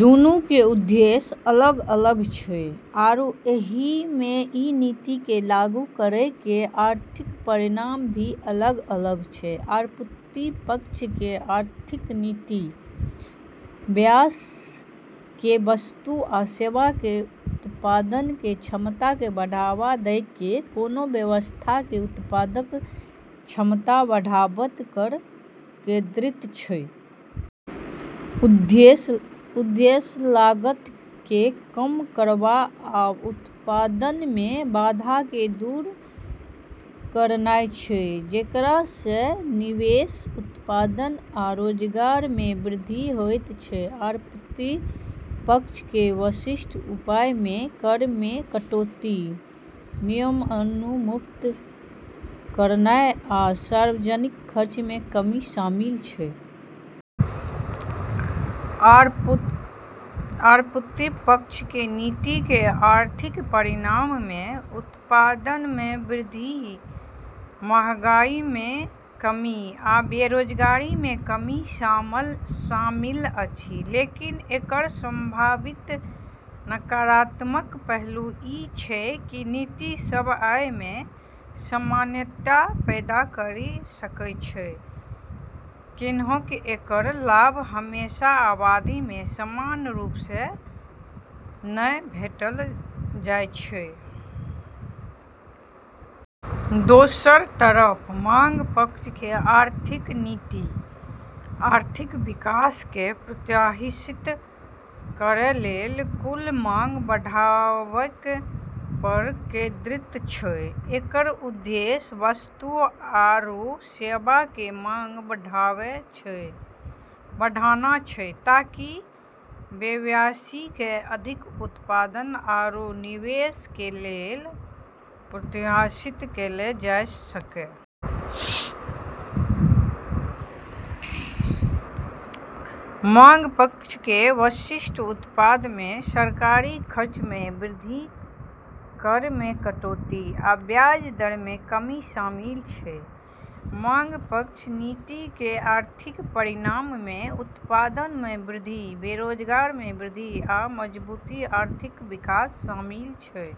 दूनू के उद्देश्य अलग-अलग छै, आरू एहि में ई नीति के लागू करै के आर्थिक परिणाम भी अलग-अलग छै। आपूर्ति पक्ष के आर्थिक नीति व्यवसाय के वस्तु आ सेवा के उत्पादन के क्षमता के बढ़ावा दऽ कऽ कोनो अर्थव्यवस्था के उत्पादक क्षमता बढ़ाबय पर केंद्रित छै। उद्देश्य लागत के कम करनाय आ उत्पादन में बाधा के दूर करनाय छै, जेकरा सँ निवेश, उत्पादन, आ रोजगार में वृद्धि होयत छै। आपूर्ति पक्ष के विशिष्ट उपाय में कर में कटौती, नियमनमुक्त करनाय, आ सार्वजनिक खर्च में कमी शामिल छै। आपूर्ति पक्ष के नीति के आर्थिक परिणाम में उत्पादन में वृद्धि, महंगाई में कमी, आ बेरोजगारी में कमी शामिल अछि। लेकिन एकर संभावित नकारात्मक पहलू ई छै कि ई नीति सब आय में असमानता पैदा करी सकै छै, कैन्हेंकि एकर लाभ हमेशा आबादी में समान रूप सँ नै बँटल जाय छै। दोसर तरफ मांग पक्ष के आर्थिक नीति आर्थिक विकास केँ प्रोत्साहित करै लेल कुल मांग बढ़ाबय पर केंद्रित छै। एकर उद्देश्य वस्तु आरू सेवा के मांग बढ़ाना छै ताकि व्यवसायी केँ अधिक उत्पादन आरू निवेश के लेल प्रोत्साहित कएल जाय सकै। मांग पक्ष के विशिष्ट उपाय में सरकारी खर्च में वृद्धि, कर में कटौती, आ ब्याज दर में कमी शामिल छै। मांग पक्ष नीति के आर्थिक परिणाम में उत्पादन में वृद्धि, रोजगार में वृद्धि, आ मजबूत आर्थिक विकास शामिल छै।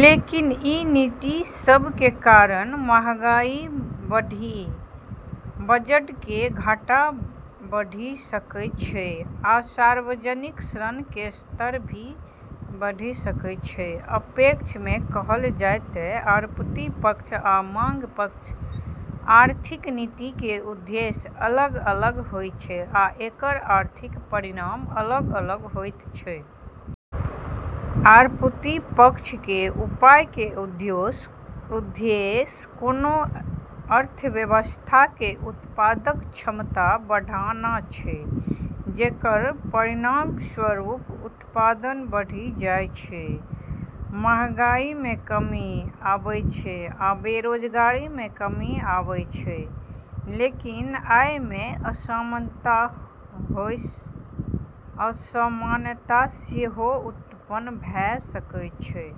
लेकिन ई नीति सब के कारण महंगाई बढ़ी, बजट के घाटा बढ़ी सकै छै, आ सार्वजनिक ऋण के स्तर भी बढ़ी सकै छै। संक्षेप में कहल जाय तऽ आपूर्ति पक्ष आ मांग पक्ष के आर्थिक नीति के उद्देश्य अलग-अलग होइत छै आ एकर आर्थिक परिणाम अलग-अलग होइत छै। आपूर्ति पक्ष के उपाय के उद्देश्य कोनो अर्थव्यवस्था के उत्पादक क्षमता बढ़ाना छै, जेकर परिणामस्वरूप उत्पादन बढ़ी जाइत छै, महंगाई में कमी आबै छै, आ बेरोजगारी में कमी आबी सकै छै, लेकिन आय में असमानता सेहो उत्पन्न भ' सकै छै।